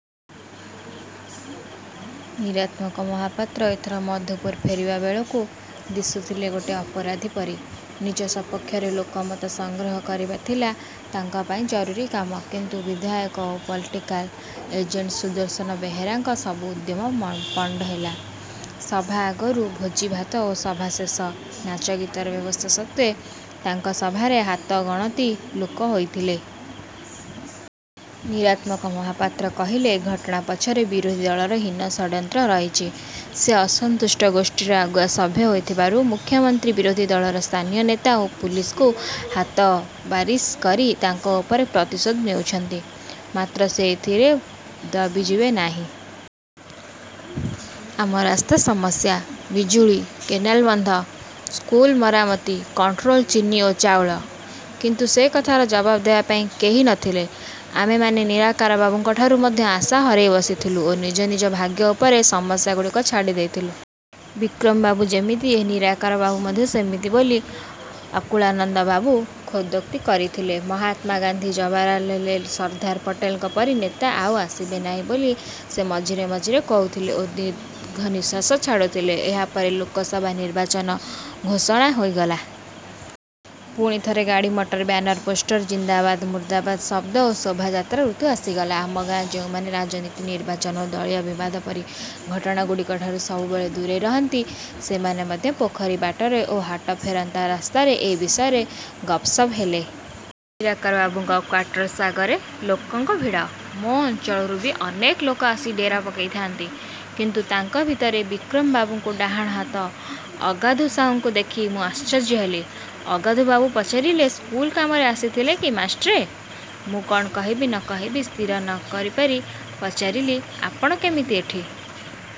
ନିରାତ୍ମକ ମହାପାତ୍ର ଏଥର ମଧୁପୁର ଫେରିବା ବେଳକୁ ଦିଶୁଥିଲେ ଗୋଟେ ଅପରାଧୀ ପରି। ନିଜ ସପକ୍ଷରେ ଲୋକମତ ସଂଗ୍ରହ କରିବା ଥିଲା ତାଙ୍କ ପାଇଁ ଜରୁରୀ କାମ। କିନ୍ତୁ ବିଧାୟକ ଓ ପଲିଟିକାଲ୍ ଏଜେଣ୍ଟ୍ ସୁଦର୍ଶନ ବେହେରାଙ୍କ ସବୁ ଉଦ୍ୟମ ମ ପଣ୍ଡ ହେଲା। ସଭା ଆଗରୁ ଭୋଜିଭାତ ଓ ସଭା ଶେଷରେ ନାଚଗୀତର ବ୍ୟବସ୍ଥା ସତ୍ତ୍ୱେ ତାଙ୍କ ସଭାରେ ହାତଗଣତି ଲୋକ ହୋଇଥିଲେ। ନିରାତ୍ମକ ମହାପାତ୍ର କହିଲେ, ଏ ଘଟଣା ପଛରେ ବିରୋଧୀ ଦଳର ହୀନ ଷଡ୍ଯନ୍ତ୍ର ରହିଚି। ସେ ଅସନ୍ତୁଷ୍ଟ ଗୋଷ୍ଠୀର ଆଗୁଆ ସଭ୍ୟ ହୋଇଥିବାରୁ ମୁଖ୍ୟମନ୍ତ୍ରୀ ବିରୋଧୀ ଦଳର ସ୍ଥାନୀୟ ନେତା ଓ ପୁଲିସକୁ ହାତବାରିସି କରି ତାଙ୍କ ଓପରେ ପ୍ରତିଶୋଧ ନେଉଛନ୍ତି। ମାତ୍ର ସେ ଏଥିରେ ଦବିଯିବେ ନାହିଁ। ଆମ ରାସ୍ତା ସମସ୍ୟା? ବିଜୁଳି? କେନାଲ ବନ୍ଧ? ସ୍କୁଲ ମରାମତି? କଣ୍ଟ୍ରୋଲ ଚିନି ଓ ଚାଉଳ? କିନ୍ତୁ ସେ କଥାର ଜବାବ ଦେବା ପାଇଁ କେହି ନ ଥିଲେ। ଆମେମାନେ ନିରାକାର ବାବୁଙ୍କ ଠାରୁ ମଧ୍ୟ ଆଶା ହରେଇ ବସୁଥିଲୁ ଓ ନିଜ ନିଜ ଭାଗ୍ୟ ଉପରେ ସମସ୍ୟାଗୁଡ଼ିକ ଛାଡ଼ିଦେଉଥିଲୁ। ବିକ୍ରମବାବୁ ଯେମିତି, ଏ ନିରାକାର ବାବୁ ମଧ୍ୟ ସେମିତି ବୋଲି ଆକୁଳାନନ୍ଦ ବାବୁ ଖେଦୋକ୍ତି କରୁଥିଲେ। ମହାତ୍ମାଗାନ୍ଧୀ, ଜବାରାଲେଲେଲ୍ ସର୍ଦ୍ଧାର ପଟେଲଙ୍କ ପରି ନେତା ଆଉ ଆସିବେ ନାହିଁ ବୋଲି ସେ ମଝିରେ ମଝିରେ କହୁଥିଲେ ଓ ଦୀର୍ଘ ନିଶ୍ୱାସ ଛାଡ଼ୁଥିଲେ। ଏହା ପରେ ଲୋକସଭା ନିର୍ବାଚନ ଘୋଷଣା ହୋଇଗଲା। ପୁଣିଥରେ ଗାଡ଼ି ମଟର, ବ୍ୟାନର, ପୋଷ୍ଟର ଜିନ୍ଦାବାଦ, ମୁର୍ଦ୍ଦାବାଦ ଶବ୍ଦ ଓ ଶୋଭଯାତ୍ରା ଋତୁ ଆସିଗଲା। ଆମ ଗାଁ ଯେଉଁମାନେ ରାଜନୀତି, ନିର୍ବାଚନ ଓ ଦଳୀୟ ବିବାଦ ପରି ଘଟଣା ଗୁଡ଼ିକଠାରୁ ସବୁବେଳେ ଦୂରେଇ ରହନ୍ତି ସେମାନେ ମଧ୍ୟ ପୋଖରୀ ବାଟରେ ଓ ହାଟଫେରନ୍ତା ରାସ୍ତାରେ ଏ ବିଷୟରେ ଗପସପ ହେଲେ। ନିରାକାର ବାବୁଙ୍କ କ୍ୱାର୍ଟର୍ସ ଆଗରେ ଲୋକଙ୍କ ଭିଡ଼। ମୋ ଅଞ୍ଚଳରୁ ବି ଅନେକ ଲୋକ ଆସି ଡେରା ପକେଇଥାଆନ୍ତି। କିନ୍ତୁ ତାଙ୍କ ଭିତରେ ବିକ୍ରମବାବୁଙ୍କୁ ଡାହାଣ ହାତ ଅଗାଧୁ ସାହୁଙ୍କୁ ଦେଖି ମୁଁ ଆଶ୍ଚର୍ଯ୍ୟ ହେଲି। ଅଗାଧୁବାବୁ ପଚାରିଲେ, ସ୍କୁଲ କାମରେ ଆସିଥିଲେ କି ମାଷ୍ଟ୍ରେ? ମୁଁ କଣ କହିବି ନ କହିବି ସ୍ଥିର ନ କରିପାରି ପଚାରିଲି, ଆପଣ କେମିତି ଏଠି?